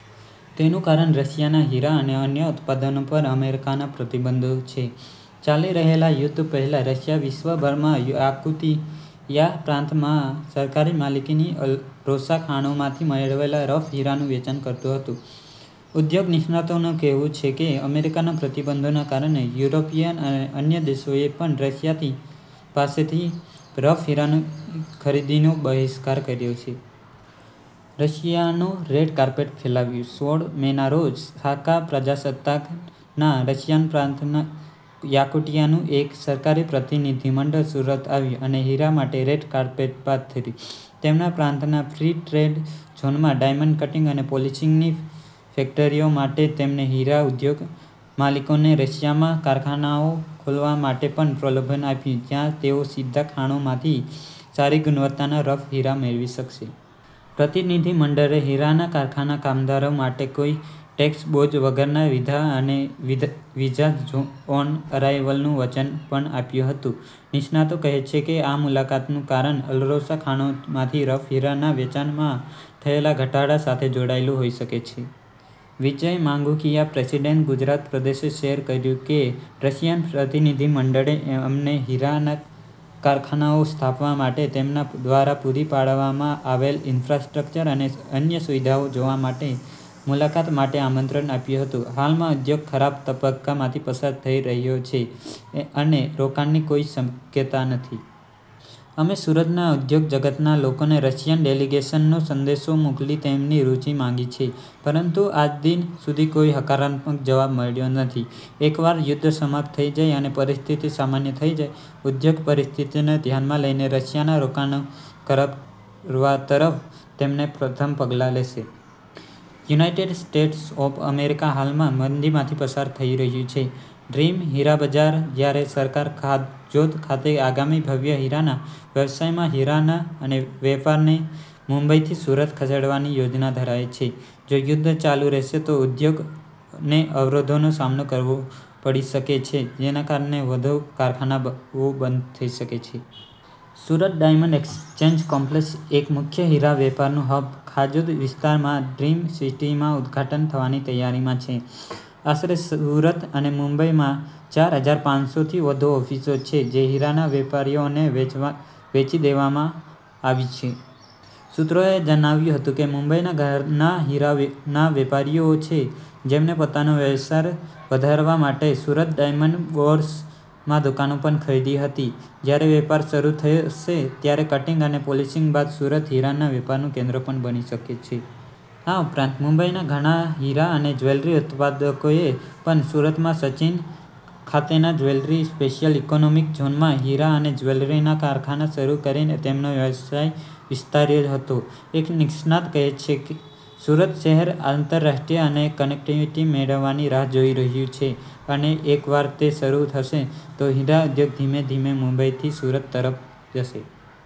તેનું કારણ રશિયાના હીરા અને અન્ય ઉત્પાદનો પર અમેરિકાના પ્રતિબંધો છે. ચાલી રહેલા યુદ્ધ પહેલા, રશિયા વિશ્વભરમાં યાકુતિયા પ્રાંતમાં સરકારી માલિકીની અલરોસા ખાણોમાંથી મેળવેલા રફ હીરાનું વેચાણ કરતું હતું. ઉદ્યોગ નિષ્ણાતોનું કહેવું છે કે અમેરિકાના પ્રતિબંધોને કારણે યુરોપિયન અને અન્ય દેશોએ પણ રશિયા પાસેથી રફ હીરાની ખરીદીનો બહિષ્કાર કર્યો છે. રશિયનો રેડ કાર્પેટ ફેલાવ્યું શોળ મેના રોજ, સાખા પ્રજાસત્તાકના રશિયન પ્રાંત યાકુટિયાનું એક સરકારી પ્રતિનિધિમંડળ સુરત આવ્યું અને હીરા માટે રેડ કાર્પેટ પાથર્યું. તેમના પ્રાંતના ફ્રી ટ્રેડ ઝોનમાં ડાયમંડ કટિંગ અને પોલિશિંગ ફેક્ટરીઓ માટે તેમણે હીરા ઉદ્યોગ માલિકોને રશિયામાં કારખાનાઓ ખોલવા માટે પણ પ્રલોભન આપ્યું, જ્યાં તેઓ સીધા ખાણોમાંથી સારી ગુણવત્તાના રફ હીરા મેળવી શકે. પ્રતિનિધિમંડળે હીરાના કારખાનાના કામદારો માટે કોઈ ટેક્સ બોજ વગરના વિધા અને વિઝા-ઓન-અરાઈવલનું વચન પણ આપ્યું હતું. નિષ્ણાતો કહે છે કે, આ મુલાકાતનું કારણ અલરોસા ખાણોમાંથી રફ હીરાના વેચાણમાં થયેલા ઘટાડા સાથે જોડાયેલું હોઈ શકે છે. વિજય માંગુકિયા, પ્રેસિડેન્ટ, ગુજરાત પ્રદેશે શેર કર્યું કે, રશિયન પ્રતિનિધિમંડળે અમને હીરાના કારખાનાઓ સ્થાપવા માટે તેમના દ્વારા પૂરી પાડવામાં આવેલ ઈન્ફ્રાસ્ટ્રક્ચર અને અન્ય સુવિધાઓ જોવા માટે મુલાકાત માટે આમંત્રણ આપ્યું હતું. હાલમાં, ઉદ્યોગ ખરાબ તબક્કામાંથી પસાર થઈ રહ્યો છે અને રોકાણની કોઈ શક્યતા નથી. અમે સુરતના ઉદ્યોગ જગતના લોકોને રશિયન ડેલિગેશનનો સંદેશો મોકલી તેમની રુચિ માંગી છે. પરંતુ આજદિન સુધી કોઈને હકારાત્મક જવાબ મળ્યો નથી. એકવાર યુદ્ધ સમાપ્ત થઈ જાય અને પરિસ્થિતિ સામાન્ય થઈ જાય, ઉદ્યોગ પરિસ્થિતિને ધ્યાનમાં લઈને રશિયામાં રોકાણ કરવા તરફ તેના પ્રથમ પગલાં લેશે. યુનાઈટેડ સ્ટેટ્સ ઑફ અમેરિકા હાલમાં મંદીમાંથી પસાર થઈ રહ્યું છે. " 'ડ્રીમ' હીરા બજાર જ્યારે સરકાર ખાજોદ ખાતે આગામી ભવ્ય હીરાના વ્યવસાયમાં હીરાના વેપારને મુંબઈથી સુરત ખસેડવાની યોજના ધરાવે છે, જો યુદ્ધ ચાલુ રહેશે તો, ઉદ્યોગને અવરોધોનો સામનો કરવો પડી શકે છે, જેના કારણે વધુ કારખાનાઓ બંધ થઈ શકે છે. સુરત ડાયમંડ એક્સચેન્જ કોમ્પ્લેક્સ, એક મુખ્ય હીરા વેપારનું હબ, ખાજોદ વિસ્તારમાં ડ્રીમ સિટીમાં ઉદ્ઘાટન થવાની તૈયારીમાં છે. આશરે સુરત અને મુંબઈમાં ચાર હજાર પાંચસો થી વધુ ઓફિસો છે, જે હીરાના વેપારીઓને વેચી દેવામાં આવી છે. સૂત્રોએ જણાવ્યું હતું કે, મુંબઈના ઘણા હીરાના વેપારીઓ છે, જેમણે પોતાનો વ્યવસાય વધારવા માટે સુરત ડાયમંડ બોર્સમાં દુકાનો પણ ખરીદી હતી. જ્યારે વેપાર શરૂ થશે ત્યારે કટિંગ અને પોલિશિંગ બાદ સુરત હીરાના વેપારનું કેન્દ્ર પણ બની શકે છે. આ ઉપરાંત, મુંબઈના ઘણા હીરા અને જ્વેલરી ઉત્પાદકોએ પણ સુરતમાં સચિન ખાતેના જ્વેલરી સ્પેશિયલ ઈકોનોમિક ઝોનમાં હીરા અને જ્વેલરીના કારખાના શરૂ કરીને તેમનો વ્યવસાય વિસ્તાર્યો હતો. એક નિષ્ણાત કહે છે, "સુરત શહેર આંતરરાષ્ટ્રીય એર કનેક્ટિવિટી મેળવવાની રાહ જોઈ રહ્યું છે અને એકવાર તે શરૂ થશે, તો હીરા ઉદ્યોગ ધીમે ધીમે મુંબઈથી સુરત તરફ જશે. "